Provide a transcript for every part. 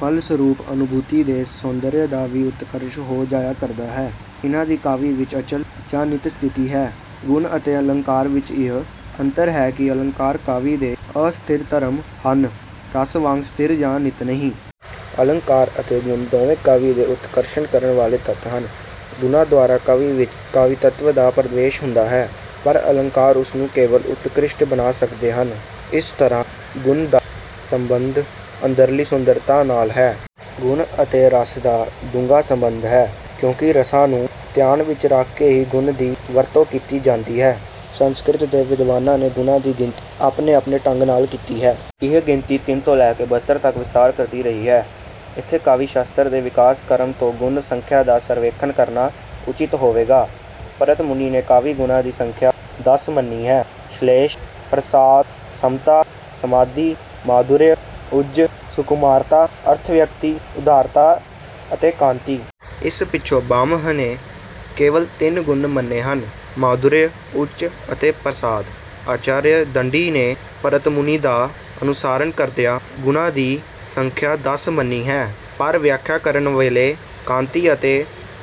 ਫਲਸਰੂਪ ਅਨੁਭੂਤੀ ਦੇ ਸੌਂਦਰਯ ਦਾ ਵੀ ਉਤਕਰਸ਼ ਹੋ ਜਾਇਆ ਕਰਦਾ ਹੈ। ਇਨ੍ਹਾਂ ਦੀ ਕਾਵਿ ਵਿੱਚ ਅਚਲ ਜਾਂ ਨਿੱਤ ਸਥਿਤੀ ਹੈ। ਗੁਣ ਅਤੇ ਅਲੰਕਾਰ ਵਿੱਚ ਇਹ ਅੰਤਰ ਹੈ ਕਿ ਅਲੰਕਾਰ ਕਾਵਿ ਦੇ ਅਸਥਿਰ ਧਰਮ ਹਨ, ਰਸ ਵਾਂਗ ਸਥਿਰ ਜਾਂ ਨਿੱਤ ਨਹੀਂ। ਅਲੰਕਾਰ ਅਤੇ ਗੁਣ ਦੋਵੇਂ ਕਾਵਿ ਦਾ ਉਤਕਰਸ਼ ਕਰਨ ਵਾਲੇ ਤੱਤ ਹਨ। ਗੁਣਾਂ ਦੁਆਰਾ ਕਾਵਿ ਵਿੱਚ ਕਾਵਿਤਵ ਦਾ ਪ੍ਰਵੇਸ਼ ਹੁੰਦਾ ਹੈ, ਪਰ ਅਲੰਕਾਰ ਉਸਨੂੰ ਕੇਵਲ ਉਤਕ੍ਰਿਸ਼ਟ ਬਣਾ ਸਕਦੇ ਹਨ। ਇਸ ਤਰ੍ਹਾਂ ਗੁਣ ਦਾ ਸਬੰਧ ਅੰਦਰਲੀ ਸੁੰਦਰਤਾ ਨਾਲ ਹੈ। ਗੁਣ ਅਤੇ ਰਸ ਦਾ ਡੂੰਘਾ ਸਬੰਧ ਹੈ, ਕਿਉਂਕਿ ਰਸਾਂ ਨੂੰ ਧਿਆਨ ਵਿੱਚ ਰੱਖ ਕੇ ਹੀ ਗੁਣ ਦੀ ਵਰਤੋਂ ਕੀਤੀ ਜਾਂਦੀ ਹੈ। ਸੰਸਕ੍ਰਿਤ ਦੇ ਵਿਦਵਾਨਾਂ ਨੇ ਗੁਣਾਂ ਦੀ ਗਿਣਤੀ ਆਪਣੇ-ਆਪਣੇ ਢੰਗ ਨਾਲ ਕੀਤੀ ਹੈ। ਇਹ ਗਿਣਤੀ ਤਿੰਨ ਤੋਂ ਲੈ ਕੇ ਬਹੱਤਰ ਤੱਕ ਵਿਸਤਾਰ ਕਰਦੀ ਰਹੀ ਹੈ। ਇੱਥੇ ਕਾਵਿ-ਸ਼ਾਸਤਰ ਦੇ ਵਿਕਾਸ ਕ੍ਰਮ ਤੋਂ ਗੁਣ-ਸੰਖਿਆ ਦਾ ਸਰਵੇਖਣ ਕਰਨਾ ਉਚਿਤ ਹੋਵੇਗਾ। ਭਰਤ ਮੁਨੀ ਨੇ ਕਾਵਿ-ਗੁਣਾਂ ਦੀ ਸੰਖਿਆ ਦਸ ਮੰਨੀ ਹੈ - ਸ਼ਲੇਸ਼, ਪ੍ਰਸਾਦ, ਸਮਤਾ, ਸਮਾਧੀ, ਮਾਧੁਰਯ, ਓਜ, ਸੁਕੁਮਾਰਤਾ, ਅਰਥ-ਵਿਅਕਤੀ, ਉਦਾਰਤਾ ਅਤੇ ਕਾਂਤੀ। ਇਸ ਪਿੱਛੋਂ ਭਾਮਹ ਨੇ ਕੇਵਲ ਤਿੰਨ ਗੁਣ ਮੰਨੇ ਹਨ - ਮਾਧੁਰਯ, ਓਜ ਅਤੇ ਪ੍ਰਸਾਦ। ਆਚਾਰਯ ਦੰਡੀ ਨੇ ਭਰਤ ਮੁਨੀ ਦਾ ਅਨੁਸਰਣ ਕਰਦਿਆਂ ਗੁਣਾਂ ਦੀ ਸੰਖਿਆ ਦਸ ਮੰਨੀ ਹੈ, ਪਰ ਵਿਆਖਿਆ ਕਰਨ ਵੇਲੇ ਕਾਂਤੀ ਅਤੇ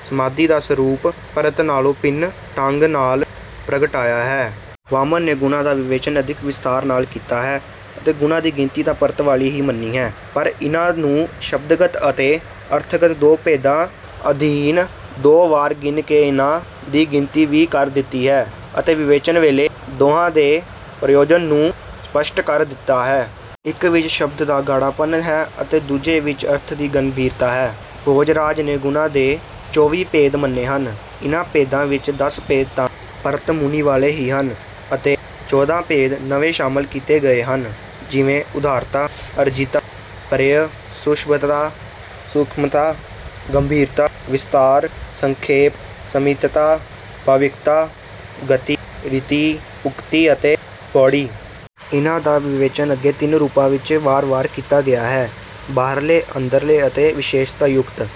ਸਮਾਧੀ ਦਾ ਸਰੂਪ ਭਰਤ ਨਾਲੋਂ ਭਿੰਨ ਢੰਗ ਨਾਲ ਪ੍ਰਗਟਾਇਆ ਹੈ। ਵਾਮਨ ਨੇ ਗੁਣਾਂ ਦਾ ਵਿਵੇਚਨ ਅਧਿਕ ਵਿਸਤਾਰ ਨਾਲ ਕੀਤਾ ਹੈ ਅਤੇ ਗੁਣਾਂ ਦੀ ਗਿਣਤੀ ਤਾਂ ਭਰਤ ਵਾਲੀ ਹੀ ਮੰਨੀ ਹੈ, ਪਰ ਇਨ੍ਹਾਂ ਨੂੰ ਸ਼ਬਦਗਤ ਅਤੇ ਅਰਥਗਤ ਦੋ ਭੇਦਾਂ ਅਧੀਨ ਦੋ ਵਾਰ ਗਿਣ ਕੇ ਇਨ੍ਹਾਂ ਦੀ ਗਿਣਤੀ ਵੀਹ ਕਰ ਦਿੱਤੀ ਹੈ ਅਤੇ ਵਿਵੇਚਨ ਵੇਲੇ ਦੋਹਾਂ ਦੇ ਪ੍ਰਯੋਜਨ ਨੂੰ ਸਪੱਸ਼ਟ ਕਰ ਦਿੱਤਾ ਹੈ। ਇੱਕ ਵਿੱਚ ਸ਼ਬਦ ਦਾ ਗਾੜ੍ਹਾਪਨ ਹੈ ਅਤੇ ਦੂਜੇ ਵਿੱਚ ਅਰਥ ਦੀ ਗੰਭੀਰਤਾ ਹੈ। ਭੋਜਰਾਜ ਨੇ ਗੁਣਾਂ ਦੇ ਚੌਵੀ ਭੇਦ ਮੰਨੇ ਹਨ। ਇਨ੍ਹਾਂ ਭੇਦਾਂ ਵਿੱਚ ਦਸ ਭੇਦ ਤਾਂ ਭਰਤ ਮੁਨੀ ਵਾਲੇ ਹੀ ਹਨ ਅਤੇ ਚੌਦਾਂ ਭੇਦ ਨਵੇਂ ਸ਼ਾਮਲ ਕੀਤੇ ਗਏ ਹਨ, ਜਿਵੇਂ ਉਦਾਰਤਾ, ਅਰਜਿਤਾ, ਪ੍ਰੇਅ, ਸੁਸ਼ਬਦਤਾ, ਸੂਖਮਤਾ, ਗੰਭੀਰਤਾ, ਵਿਸਤਾਰ, ਸੰਖੇਪ, ਸਮਿਤਤਾ, ਭਾਵਿਕਤਾ, ਗਤਿ, ਰੀਤਿ, ਉਕਤੀ ਅਤੇ ਪੌੜ੍ਹੀ। ਇਨ੍ਹਾਂ ਦਾ ਵਿਵੇਚਨ ਅੱਗੇ ਤਿੰਨ ਰੂਪਾਂ ਵਿੱਚ ਵਾਰ-ਵਾਰ ਕੀਤਾ ਗਿਆ ਹੈ - ਬਾਹਰਲੇ, ਅੰਦਰਲੇ ਅਤੇ ਵਿਸ਼ੇਸ਼ਤਾ-ਯੁਕਤ।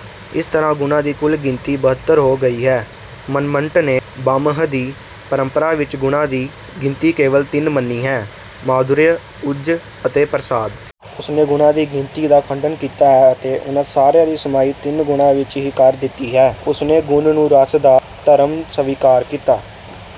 ਇਸ ਤਰ੍ਹਾਂ ਗੁਣਾਂ ਦੀ ਕੁੱਲ ਗਿਣਤੀ ਬਹੱਤਰ ਹੋ ਗਈ ਹੈ। ਮੰਮਟ ਨੇ ਭਾਮਹ ਦੀ ਪਰੰਪਰਾ ਵਿੱਚ ਗੁਣਾਂ ਦੀ ਗਿਣਤੀ ਕੇਵਲ ਤਿੰਨ ਮੰਨੀ ਹੈ - ਮਾਧੁਰਯ, ਓਜ ਅਤੇ ਪ੍ਰਸਾਦ। ਉਸਨੇ ਗੁਣਾਂ ਦੀ ਗਿਣਤੀ ਦਾ ਖੰਡਨ ਕੀਤਾ ਹੈ ਅਤੇ ਉਨ੍ਹਾਂ ਸਾਰਿਆਂ ਦੀ ਸਮਾਈ ਤਿੰਨ ਗੁਣਾਂ ਵਿੱਚ ਹੀ ਕਰ ਦਿੱਤੀ ਹੈ। ਉਸਨੇ ਗੁਣ ਨੂੰ ਰਸ ਦਾ ਧਰਮ ਸਵੀਕਾਰ ਕੀਤਾ।